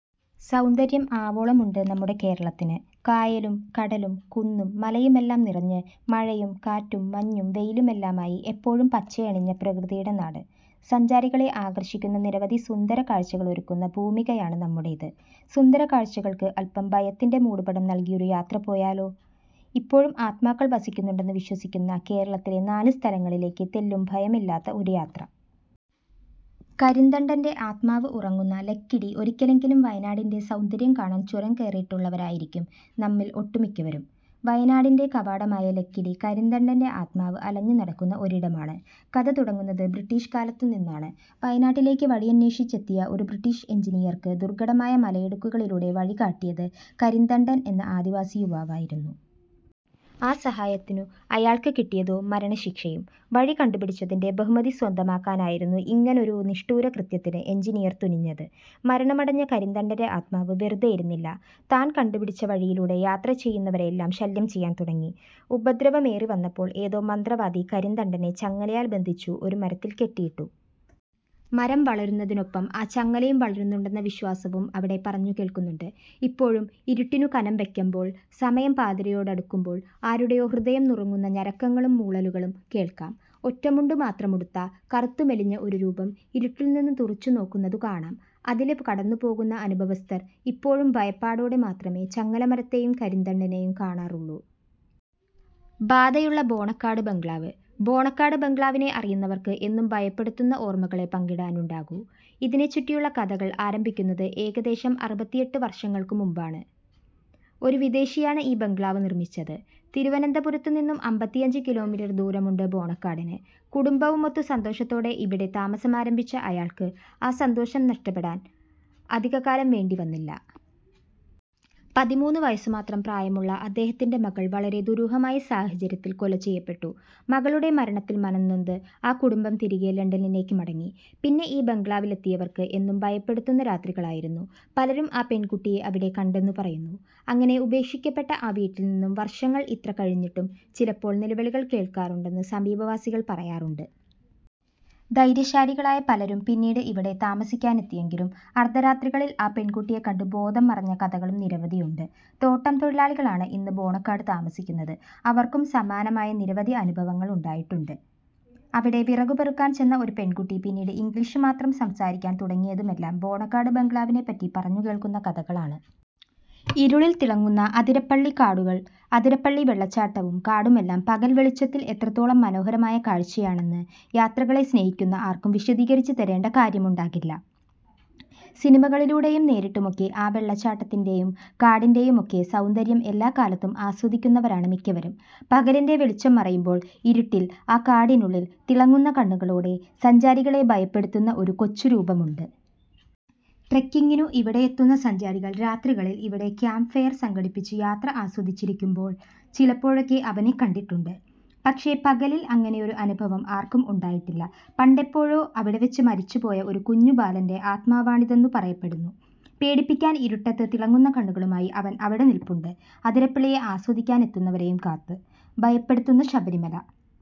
സൗന്ദര്യം ആവോളമുണ്ട് നമ്മുടെ കേരളത്തിന്. കായലും കടലും കുന്നും മലയുമെല്ലാം നിറഞ്ഞ് മഴയും കാറ്റും മഞ്ഞും വെയിലുമെല്ലാമായി എപ്പോഴും പച്ചയണിഞ്ഞ പ്രകൃതിയുടെ നാട്. സഞ്ചാരികളെ ആകർഷിക്കുന്ന നിരവധി സുന്ദരകാഴ്ചകളൊരുക്കുന്ന ഭൂമികയാണ് നമ്മുടേത്. സുന്ദര കാഴ്ചകൾക്ക് അല്പം ഭയത്തിന്റെ മൂടുപടം നൽകിയൊരു യാത്ര പോയാലോ? ഇപ്പോഴും ആത്മാക്കൾ വസിക്കുന്നുണ്ടെന്നു വിശ്വസിക്കുന്ന കേരളത്തിലെ നാല് സ്ഥലങ്ങളിലേക്ക് തെല്ലും ഭയമില്ലാത്ത ഒരു യാത്ര. കരിന്തണ്ടന്റെ ആത്മാവ് ഉറങ്ങുന്ന ലക്കിടി ഒരിക്കലെങ്കിലും വയനാടിന്റെ സൗന്ദര്യം കാണാൻ ചുരം കയറിയിട്ടുള്ളവരായിരിക്കും നമ്മിൽ ഒട്ടുമിക്കവരും. വയനാടിന്റെ കവാടമായ ലക്കിടി, കരിന്തണ്ടന്റെ ആത്മാവ് അലഞ്ഞു നടക്കുന്ന ഒരിടമാണ്. കഥ തുടങ്ങുന്നത് ബ്രിട്ടീഷ് കാലത്തു നിന്നാണ്. വയനാട്ടിലേക്ക് വഴിയന്വേഷിച്ചെത്തിയ ഒരു ബ്രിട്ടീഷ് എഞ്ചിനീയർക്കു ദുർഘടമായ മലയിടുക്കുകളിലൂടെ വഴികാട്ടിയത് കരിന്തണ്ടൻ എന്ന ആദിവാസി യുവാവായിരുന്നു. ആ സഹായത്തിനു അയാൾക്ക് കിട്ടിയതോ മരണശിക്ഷയും. വഴി കണ്ടുപിടിച്ചതിന്റെ ബഹുമതി സ്വന്തമാക്കാനായിരുന്നു ഇങ്ങനൊരു നിഷ്ഠൂരകൃത്യത്തിനു എഞ്ചിനീയർ തുനിഞ്ഞത്. മരണമടഞ്ഞ കരിന്തണ്ടന്റെ ആത്മാവ് വെറുതെയിരുന്നില്ല. താൻ കണ്ടുപിടിച്ച വഴിയിലൂടെ യാത്ര ചെയ്യുന്നവരെയെല്ലാം ശല്യം ചെയ്യാൻ തുടങ്ങി. ഉപദ്രവമേറി വന്നപ്പോൾ ഏതോ മന്ത്രവാദി കരിന്തണ്ടനെ ചങ്ങലയാൽ ബന്ധിച്ചു ഒരു മരത്തിൽ കെട്ടിയിട്ടു. മരം വളരുന്നതിനൊപ്പം ആ ചങ്ങലയും വളരുന്നുണ്ടെന്ന വിശ്വാസവും അവിടെ പറഞ്ഞു കേൾക്കുന്നുണ്ട്. ഇപ്പോഴും ഇരുട്ടിനു കനംവയ്ക്കമ്പോൾ സമയം പാതിരയോടടുക്കുമ്പോൾ ആരുടെയോ ഹൃദയം നുറുങ്ങുന്ന ഞരക്കങ്ങളും മൂളലുകളും കേൾക്കാം ഒറ്റമുണ്ടു മാത്രമുടുത്ത, കറുത്ത് മെലിഞ്ഞ ഒരു രൂപം ഇരുട്ടിൽ നിന്ന് തുറിച്ചു നോക്കുന്നതു കാണാം അതിലെ കടന്നു പോകുന്ന അനുഭവസ്ഥർ ഇപ്പോഴും ഭയപ്പാടോടെ മാത്രമേ ചങ്ങല മരത്തെയും കരിന്തണ്ടനെയും കാണാറുള്ളൂ. ബാധയുള്ള ബോണക്കാട് ബംഗ്ലാവ് ബോണക്കാട് ബംഗ്ലാവിനെ അറിയുന്നവർക്ക് എന്നും ഭയപ്പെടുത്തുന്ന ഓർമ്മകളെ പങ്കിടാനുണ്ടാകൂ. ഇതിനെ ചുറ്റിയുള്ള കഥകൾ ആരംഭിക്കുന്നത് ഏകദേശം അറുപത്തിഎട്ട് വർഷങ്ങൾക്കു മുമ്പാണ്. ഒരു വിദേശിയാണ് ഈ ബംഗ്ലാവ് നിർമ്മിച്ചത്. തിരുവനന്തപുരത്തു നിന്നും അമ്പത്തിയഞ്ചുകിലോമീറ്റർ ദൂരമുണ്ട് ബോണക്കാടിന്. കുടുംബവുമൊത്തു സന്തോഷത്തോടെ ഇവിടെ താമസമാരംഭിച്ച അയാൾക്ക്, ആ സന്തോഷം നഷ്ടപ്പെടാൻ അധിക കാലം വേണ്ടി വന്നില്ല. പതിമൂന്നു വയസ്സു മാത്രം പ്രായമുള്ള അദ്ദേഹത്തിന്റെ മകൾ വളരെ ദുരൂഹമായ സാഹചര്യത്തിൽ കൊല ചെയ്യപ്പെട്ടു. മകളുടെ മരണത്തിൽ മനംനൊന്ത് ആ കുടുംബം തിരികെ ലണ്ടനിലേക്ക് മടങ്ങി. പിന്നെ ഈ ബംഗ്ലാവിലെത്തിയവർക്ക് എന്നും ഭയപെടുത്തുന്ന രാത്രികളായിരുന്നു. പലരും ആ പെൺകുട്ടിയെ അവിടെ കണ്ടെന്നു പറയുന്നു. അങ്ങനെ ഉപേക്ഷിക്കപ്പെട്ട ആ വീട്ടിൽ നിന്നും വർഷങ്ങൾ ഇത്ര കഴിഞ്ഞിട്ടും ചിലപ്പോൾ നിലവിളികൾ കേൾക്കാറുണ്ടെന്നു സമീപവാസികൾ പറയാറുണ്ട്. ധൈര്യശാലികളായ പലരും പിന്നീട് ഇവിടെ താമസിക്കാനെത്തിയെങ്കിലും അർധരാത്രികളിൽ ആ പെൺകുട്ടിയെ കണ്ടു ബോധം മറഞ്ഞ കഥകളും നിരവധിയുണ്ട്. തോട്ടം തൊഴിലാളികളാണ് ഇന്ന് ബോണക്കാട് താമസിക്കുന്നത്. അവർക്കും സമാനമായ നിരവധി അനുഭവങ്ങൾ ഉണ്ടായിട്ടുണ്ട്. അവിടെ വിറകു പെറുക്കാൻ ചെന്ന ഒരു പെൺകുട്ടി പിന്നീട് ഇംഗ്ലീഷ് മാത്രം സംസാരിക്കാൻ തുടങ്ങിയതുമെല്ലാം ബോണക്കാട് ബംഗ്ലാവിനെ പറ്റി പറഞ്ഞു കേൾക്കുന്ന കഥകളാണ്. ഇരുളിൽ തിളങ്ങുന്ന അതിരപ്പള്ളി കാടുകൾ അതിരപ്പള്ളി വെള്ളച്ചാട്ടവും കാടുമെല്ലാം പകൽ വെളിച്ചത്തിൽ എത്രത്തോളം മനോഹരമായ കാഴ്ചയാണെന്നു യാത്രകളെ സ്നേഹിക്കുന്ന ആർക്കും വിശദീകരിച്ചു തരേണ്ട കാര്യമുണ്ടാകില്ല. സിനിമകളിലൂടെയും നേരിട്ടുമൊക്കെ ആ വെള്ളച്ചാട്ടത്തിന്റെയും കാടിന്റെയുമൊക്കെ സൗന്ദര്യം എല്ലാക്കാലത്തും ആസ്വദിക്കുന്നവരാണ് മിക്കവരും. പകലിന്റെ വെളിച്ചം മറയുമ്പോൾ. ഇരുട്ടിൽ ആ കാടിനുള്ളിൽ തിളങ്ങുന്ന കണ്ണുകളോടെ സഞ്ചാരികളെ ഭയപ്പെടുത്തുന്ന ഒരു കൊച്ചു രൂപമുണ്ട്. ട്രെക്കിങ്ങിനു ഇവിടെയെത്തുന്ന സഞ്ചാരികൾ രാത്രികളിൽ ഇവിടെ ക്യാമ്പ് ഫെയർ സംഘടിപ്പിച്ചു യാത്ര ആസ്വദിച്ചിരിക്കുമ്പോൾ, ചിലപ്പോഴൊക്കെ അവനെ കണ്ടിട്ടുണ്ട്. പക്ഷേ പകലിൽ അങ്ങനെയൊരു അനുഭവം ആർക്കും ഉണ്ടായിട്ടില്ല. പണ്ടെപ്പോഴോ അവിടെ വെച്ച് മരിച്ചുപോയ ഒരു കുഞ്ഞു ബാലന്റെ ആത്മാവാണിതെന്നു പറയപ്പെടുന്നു. പേടിപ്പിക്കാൻ ഇരുട്ടത്ത് തിളങ്ങുന്ന കണ്ണുകളുമായി അവൻ അവിടെ നിൽപ്പുണ്ട് അതിരപ്പള്ളിയെ ആസ്വദിക്കാൻ എത്തുന്നവരെയും കാത്ത്. ഭയപ്പെടുത്തുന്ന ശബരിമല.